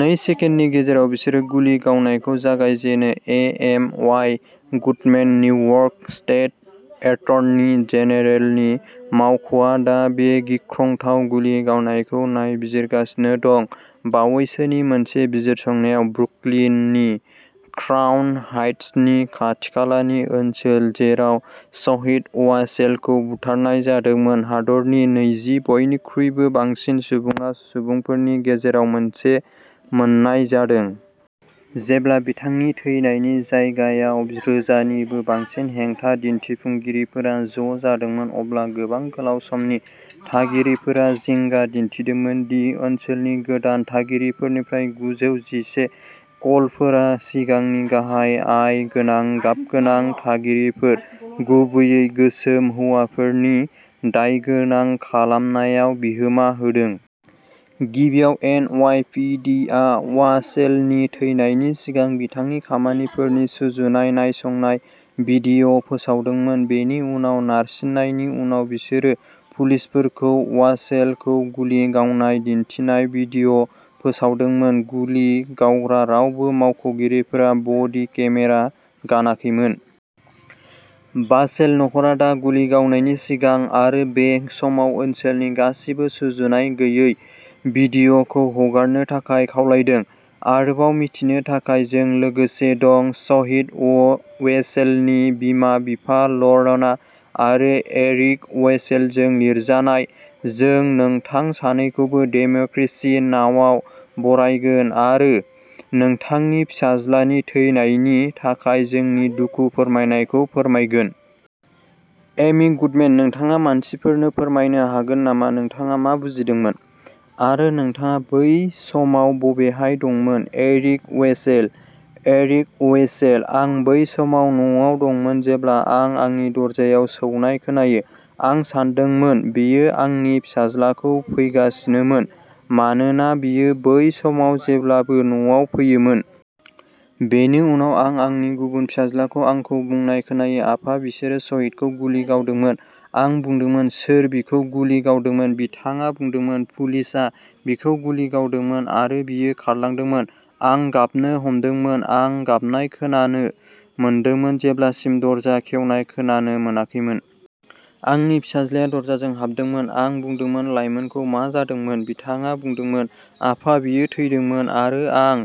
नै सेकेन्डनि गेजेराव, बिसोरो गुलि गावनायखौ जागायजेनो। A. M. Y. Goodman New York state attorney जेनेरेलनि मावख'आ दा बे गिख्रंथाव गुलि गावनायखौ नायबिजिरगासिनो दं। बावैसोनि मोनसे बिजिरसंनायाव ब्रुकलिननि क्राउन हाइट्सनि खाथिखालानि ओनसोल, जेराव शहीद अवासेलखौ बुथारनाय जादोंमोन, हादरनि नैजि बयनिख्रुइबो बांसिन सुबुङा सुबुंफोरनि गेजेराव मोनसे मोननाय जादों। जेब्ला बिथांनि थैनायनि जायगायाव रोजानिबो बांसिन हेंथा दिन्थिफुंगिरिफोरा ज' जादोंमोन, अब्ला गोबां गोलाव समनि थागिरिफोरा जिंगा दिन्थिदोंमोन दि ओनसोलनि गोदान थागिरिफोरनिफ्राय गुजौ जिसे कलफोरा सिगांनि, गाहाय आय गोनां गाबगोनां थागिरिफोर, गुबैयै गोसोम हौवाफोरनि दायगोनां खालामनायाव बिहोमा होदों। गिबियाव, एन. अवाइ. पि. दि. आ अवासेलनि थैनायनि सिगां बिथांनि खामानिफोरनि सुजुनाय नायसंनाय भिडिअ फोसावदोंमोन। बेनि उनाव, नारसिननायनि उनाव, बिसोरो पुलिसफोरखौ अवासेलखौ गुलि गावनाय दिन्थिनाय भिडिअ फोसावदोंमोन। गुलि गावग्रा रावबो मावख'गिरिफोरा बडि केमेरा गानाखैमोन। भासेल नखरा दा गुलि गावनायनि सिगां आरो बे समाव ओनसोलनि गासिबो सुजुनाय गैयै भिडिअखौ हगारनो थाखाय खावलायदों। आरोबाव मिथिनो थाखाय, जों लोगोसे दं। शहीद अवेसेलनि बिमा-बिफा ल'रना आरो एरिक अवेसेलजों लिरजानाय। जों नोंथां सानैखौबो डेमक्रेसि नाउआव बरायगोन आरो नोंथांनि फिसाज्लानि थैनायनि थाखाय जोंनि दुखु फोरमायनायखौ फोरमायगोन। एमी गुडमेन नोंथाङा मानसिफोरनो फोरमायनो हागोन नामा नोंथाङा मा बुजिदोंमोन? आरो नोंथाङा बै समाव बबेहाय दंमोन, एरिक अवेसेल? एरिक अवेसेल- आं बै समाव न'आव दंमोन, जेब्ला आं आंनि दरजायाव सौनाय खोनायो। आं सानदोंमोन बेयो आंनि फिसाज्लाखौ फैगासिनोमोन, मानोना बियो बै समाव जेब्लाबो न'आव फैयोमोन। बेनि उनाव आं आंनि गुबुन फिसाज्लाखौ आंखौ बुंनाय खोनायो, "आफा, बिसोरो शहीदखौ गुलि गावदोंमोन।" आं बुंदोंमोन, "सोर बिखौ गुलि गावदोंमोन?" बिथाङा बुंदोंमोन, "पुलिसआ बिखौ गुलि गावदोंमोन।" आरो बियो खारलांदोंमोन। आं गाबनो हमदोंमोन। आं गाबनाय खोनानो मोनदोंमोन जेब्लासिम दरजा खेवनाय खोनानो मोनाखैमोन। आंनि फिसाज्लाया दरजाजों हाबदोंमोन। आं बुंदोंमोन, "लाइमोनखौ मा जादोंमोन?" बिथाङा बुंदोंमोन, "आफा, बियो थैदोंमोन।" आरो आं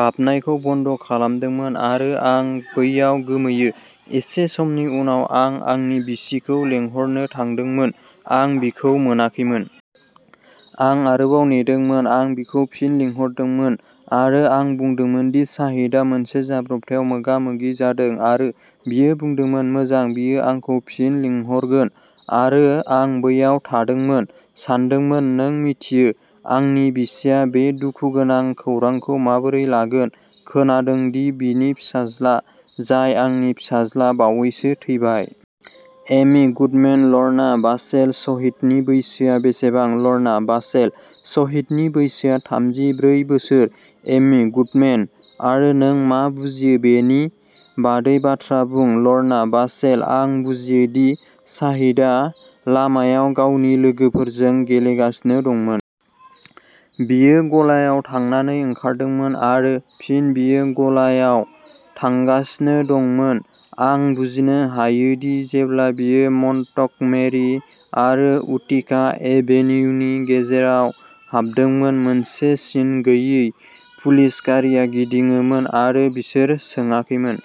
गाबनायखौ बन्द खालामदोंमोन। आरो आं बैयाव गोमोयो। एसे समनि उनाव, आं आंनि बिसिखौ लिंहरनो थांदोंमोन। आं बिखौ मोनाखैमोन। आं आरोबाव नेदोंमोन। आं बिखौ फिन लिंहरदोंमोन, आरो आं बुंदोंमोन दि साहिदआ मोनसे जाब्रबथायाव मोगा-मोगि जादों। आरो बियो बुंदोंमोन, "मोजां", बियो आंखौ फिन लिंहरगोन। आरो आं बैयाव थादोंमोन, सानदोंमोन, नों मिथियो, आंनि बिसिया बे दुखुगोनां खौरांखौ माबोरै लागोन, खोनादों दि बिनि फिसाज्ला, जाय आंनि फिसाज्ला बावैसो थैबाय। एमि गुडमेन लर्ना भासेल, शहीदनि बैसोआ बेसेबां? लर्ना भासेल शहीदनि बैसोआ थामजि ब्रै बोसोर। एमि गुडमेन आरो नों मा बुजियो बेनि बादै बाथ्रा बुं। लर्ना भासेल आं बुजियो दि साहिदआ लामायाव गावनि लोगोफोरजों गेलेगासिनो दंमोन। बियो गलाआव थांनानै ओंखारदोंमोन। आरो फिन बियो गलायाव थांगासिनो दंमोन। आं बुजिनो हायोदि जेब्ला बियो मन्टगमेरि आरो उटिका एभेनियुनि गेजेराव हाबदोंमोन, मोनसे सिन गैयै पुलिस गारिआ गिदिङोमोन, आरो बिसोर सोङाखैमोन।